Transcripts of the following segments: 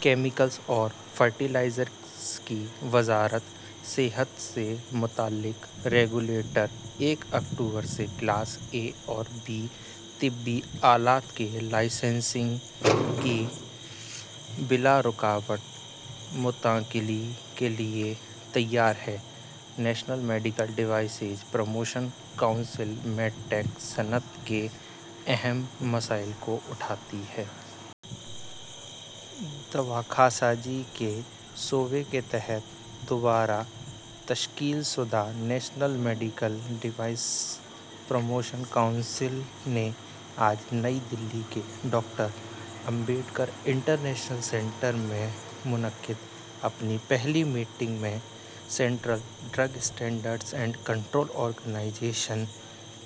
Chemicals اور fertiliser کی وزارت: صحت سے متعلق ریگولیٹر یکم اکتوبر سے کلاس اے اور بی طبی آلات کے لائسنسنگ کی بلا رکاوٹ منتقلی کے لیے تیار ہے۔ National medical devices promotion council med tech صنعت کے اہم مسائل کو اٹھاتی ہے۔ دواسازی کے شعبہ کے تحت دوبارہ تشکیل شدہ national medical device promotion council نے آج نئی دہلی کے ڈاکٹر امبیڈکر انٹرنیشنل سنٹر میں منعقدہ اپنی پہلی میٹنگ میں central drug standards and control organisation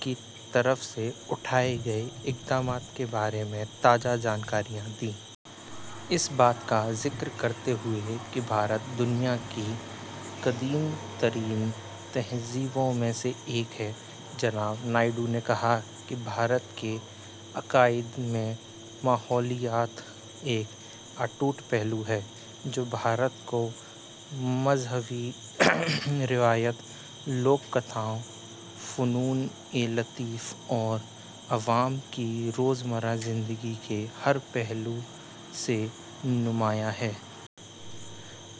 کی طرف سے اٹھائے گئے اقدامات کے بارے میں تازہ جانکاری دی۔ اس بات کا ذکر کرتے ہوئے کہ بھارت دنیا کی قدیم ترین تہذیبوں میں سے ایک ہے، جناب نائیڈو نے کہا کہ بھارت کے عقائد میں ماحولیات ایک اٹوٹ پہلو ہے، جو بھارت میں مذہبی روایات، لوک کتھاؤں، فنونِ لطیفہ اور عوام کی روزمرہ زندگی کے ہر پہلو سے نمایاں ہے۔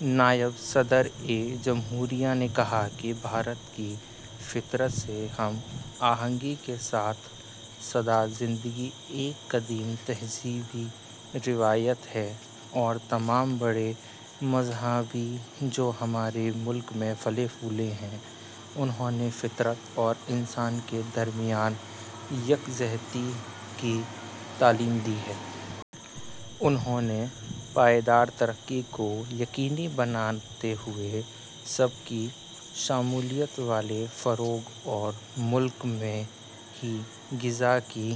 نائب صدرِ جمہوریہ نے کہا کہ بھارت کی فطرت سے ہم آہنگی کے ساتھ سادہ زندگی ایک قدیم تہذیبی روایت ہے اور تمام بڑے مذاہب، جو ہمارے ملک میں پھلے پھولے ہیں، انہوں نے فطرت اور انسان کے درمیان یکجہتی کی تعلیم دی ہے۔ انہوں نے پائیدار ترقی کو یقینی بناتے ہوئے سب کی شمولیت والے فروغ اور ملک میں ہی غذا کی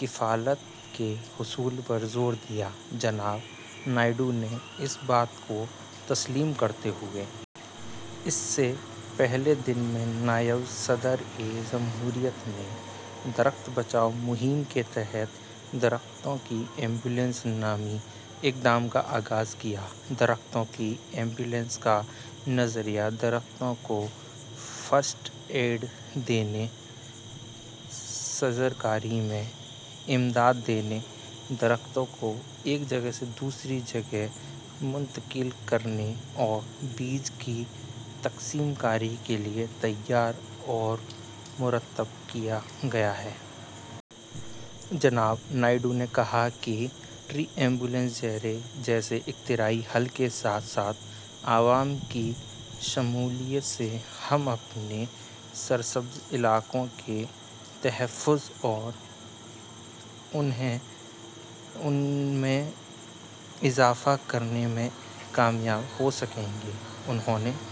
کفالت کے حصول پر زور دیا۔ جناب نائیڈو نے اس بات کو تسلیم کرتے اس سے پہلے دن میں نائب صدرِ جمہوریہ نے درخت بچاؤ مہم کے تحت درختوں کی ایمبولینس نامی اقدام کا آغاز کیا۔ درختوں کی ایمبولینس کا نظریہ درختوں کو فرسٹ ایڈ دینے، شجرکاری میں امداد دینے، درختوں کو ایک جگہ سے دوسری جگہ منتقل کرنے اور بیج کی تقسیم کاری کے لیے تیار اور مرتب کیا گیا ہے۔ جناب نائیڈو نے کہا کہ ٹری ایمبولینس جیسے اختراعی حل کے ساتھ ساتھ عوام کی شمولیت سے ہم اپنے سرسبز علاقوں کے تحفظ اور ان میں اضافہ کرنے میں کامیاب ہو سکیں گے۔ انہوں...